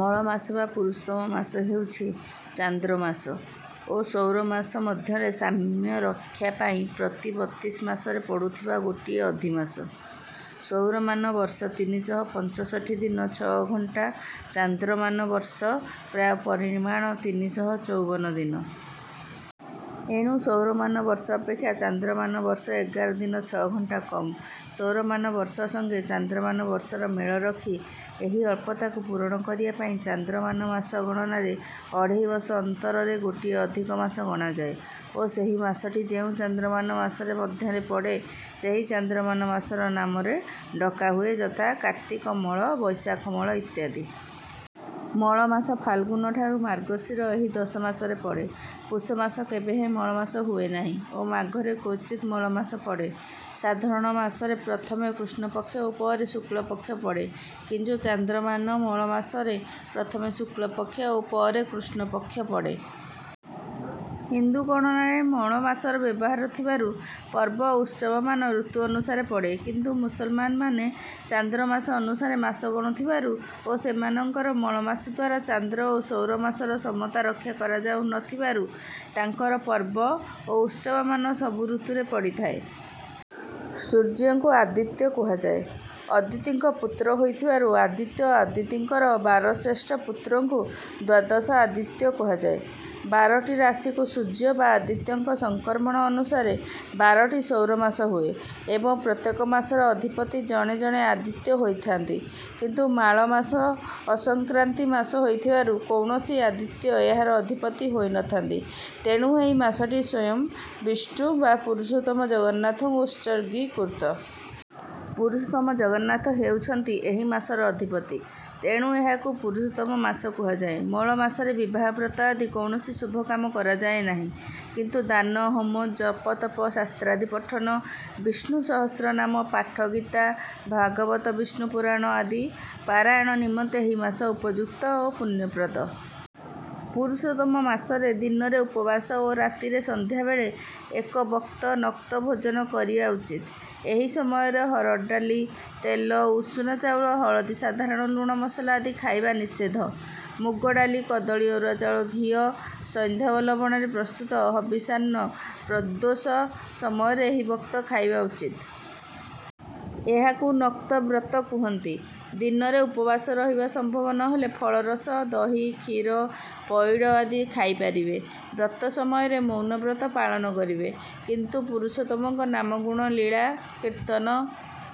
ମଳ ମାସ ବା ପୁରୁଷୋତ୍ତମ ମାସ ହେଉଛି ଚାନ୍ଦ୍ରମାସ ଓ ସୌରମାସ ମଧ୍ୟରେ ସାମ୍ୟ ରକ୍ଷା ପାଇଁ ପ୍ରତି ବତିଶ ମାସରେ ପଡୁଥିବା ଗୋଟିଏ ଅଧିମାସ। ସୌରମାନ ବର୍ଷ ତିନି ଶହ ପଞ୍ଚଷଠି ଦିନ ଛଅ ଘଣ୍ଟା ଚାନ୍ଦ୍ରମାନ ବର୍ଷ ପ୍ରାୟ ପରିମାଣ ତିନି ଶହ ଚଉବନ ଦିନ। ଏଣୁ ସୌରମାନ ବର୍ଷ ଅପେକ୍ଷା ଚାନ୍ଦ୍ରମାନ ବର୍ଷ ଏଗାର ଦିନ ଛଅ ଘଣ୍ଟା କମ। ସୌରମାନ ବର୍ଷ ସଙ୍ଗେ ଚାନ୍ଦ୍ରମାନ ବର୍ଷର ମେଳ ରଖି ଏହି ଅଳ୍ପତାକୁ ପୂରଣ କରିବାପାଇଁ ଚାନ୍ଦ୍ରମାନ ମାସ ଗଣନାରେ ଅଢ଼େଇ ବର୍ଷ ଅନ୍ତରରେ ଗୋଟିଏ ଅଧିକା ମାସ ଗଣାଯାଏ ଓ ସେହି ମାସଟି ଯେଉଁ ଚାନ୍ଦ୍ରମାନ ମାସ ମଧ୍ୟରେ ପଡ଼େ ସେହି ଚାନ୍ଦ୍ରମାନ ମାସର ନାମରେ ଡକାହୁଏ ଯଥା କାର୍ତ୍ତିକମଳ ବୈଶାଖମଳ ଇତ୍ୟାଦି। ମଳମାସ ଫାଲଗୁନଠାରୁ ମାର୍ଗଶୀର ଏହି ଦଶ ମାସରେ ପଡ଼େ। ପୁଷମାସ କେବେହେଁ ମଳମାସ ହୁଏନାହିଁ ଓ ମାଘରେ କ୍ୱଚିତ ମଳମାସ ପଡ଼େ। ସାଧାରଣ ମାସରେ ପ୍ରଥମେ କୃଷ୍ଣପକ୍ଷ ଓ ପରେ ଶୁକ୍ଳପକ୍ଷ ପଡ଼େ କିନ୍ତୁ ଚାନ୍ଦ୍ରମାନ ମଳ ମାସରେ ପ୍ରଥମେ ଶୁକ୍ଳପକ୍ଷ ଓ ପରେ କୃଷ୍ଣପକ୍ଷ ପଡ଼େ। ହିନ୍ଦୁ ଗଣନାରେ ମଳମାସର ବ୍ୟବହାର ଥିବାରୁ ପର୍ବ ଓ ଉତ୍ସବମାନ ଋତୁ ଅନୁସାରେ ପଡ଼େ କିନ୍ତୁ ମୁସଲମାନମାନେ ଚାନ୍ଦ୍ରମାସ ଅନୁସାରେ ମାସ ଗଣୁଥିବାରୁ ଓ ସେମାନଙ୍କର ମଳମାସଦ୍ୱାରା ଚାନ୍ଦ୍ର ଓ ସୌର ମାସର ସମତା ରକ୍ଷା କରାଯାଉ ନ ଥିବାରୁ ତାଙ୍କର ପର୍ବ ଓ ଉତ୍ସବମାନ ସବୁ ଋତୁରେ ପଡ଼ିଥାଏ। ସୂର୍ଯ୍ୟଙ୍କୁ ଆଦିତ୍ୟ କୁହାଯାଏ। ଅଦିତିଙ୍କ ପୂତ୍ର ହୋଇଥିବାରୁ ଆଦିତ୍ୟ ଅଦିତିଙ୍କର ବାର ଶ୍ରେଷ୍ଠ ପୂତ୍ରଙ୍କୁ ଦ୍ୱାଦଶ ଆଦିତ୍ୟ କୁହାଯାଏ। ବାରଟି ରାଶିକୁ ସୂର୍ଯ୍ୟ ବା ଆଦିତ୍ୟଙ୍କ ସଂକ୍ରମଣ ଅନୁସାରେ ବାରଟି ସୌର ମାସ ହୁଏ ଏବଂ ପ୍ରତ୍ୟେକ ମାସର ଅଧିପତି ଜଣେ ଜଣେ ଆଦିତ୍ୟ ହୋଇଥାନ୍ତି କିନ୍ତୁ ମାଳ ମାସ ଅସଂକ୍ରାନ୍ତି ମାସ ହୋଇଥିବାରୁ କୌଣସି ଆଦିତ୍ୟ ଏହାର ଅଧିପତି ହୋଇ ନଥାନ୍ତି ତେଣୁ ଏହି ମାସଟି ସ୍ୱୟଂ ବିଷ୍ଣୁ ବା ପୁରୁଷୋତ୍ତମ ଜଗନ୍ନାଥଙ୍କୁ ଉତ୍ସର୍ଗୀକୃତ। ପୁରୁଷୋତ୍ତମ ଜଗନ୍ନାଥ ହେଉଛନ୍ତି ଏହି ମାସର ଅଧିପତି ତେଣୁ ଏହାକୁ ପୁରୁଷୋତ୍ତମ ମାସ କୁହାଯାଏ। ମଳ ମାସରେ ବିବାହ ବ୍ରତ ଆଦି କୌଣସି ଶୁଭକାମ କରାଯାଏ ନାହିଁ କିନ୍ତୁ ଦାନ ହୋମ ଜପତପ ଶାସ୍ତ୍ରାଦି ପଠନ ବିଷ୍ଣୁ ସହସ୍ରନାମ ପାଠ ଗୀତା ଭାଗବତ ବିଷ୍ଣୁ ପୁରାଣ ଆଦି ପାରାୟଣ ନିମନ୍ତେ ଏହି ମାସ ଉପଯୁକ୍ତ ଓ ପୂଣ୍ୟପ୍ରଦ। ପୁରୁଷୋତ୍ତମ ମାସରେ ଦିନରେ ଉପବାସ ଓ ରାତିରେ ସନ୍ଧ୍ୟାବେଳେ ଏକ ବକ୍ତ ନକ୍ତ ଭୋଜନ କରିବା ଉଚିତ। ଏହି ସମୟରେ ହରଡ଼ ଡାଲି ତେଲ ଉଷୁନା ଚାଉଳ ହଳଦୀ ସାଧାରଣ ଲୁଣ ମସଲା ଆଦି ଖାଇବା ନିଷେଦ୍ଧ। ମୁଗ ଡାଲି କଦଳି ଅରୁଆ ଚାଉଳ ଘିଅ ସନ୍ଧୈବ ଲବଣରେ ପ୍ରସ୍ତୁତ ହବିଷାନ୍ନ ପ୍ରଦୋଷ ସମୟରେ ଏକ ବକ୍ତ ଖାଇବା ଉଚିତ। ଏହାକୁ ନକ୍ତବ୍ରତ କୁହନ୍ତି। ଦିନରେ ଉପବାସ ରହିବା ସମ୍ଭବ ନହେଲେ ଫଳରସ ଦହି କ୍ଷୀର ପଇଡ଼ ଆଦି ଖାଇ ପାରିବେ। ବ୍ରତ ସମୟରେ ମୌନ ବ୍ରତ ପାଳନ କରିବେ। କିନ୍ତୁ ପୁରୁଷୋତ୍ତମଙ୍କ ନାମ ଗୁଣ ଲୀଳା କୀର୍ତ୍ତନ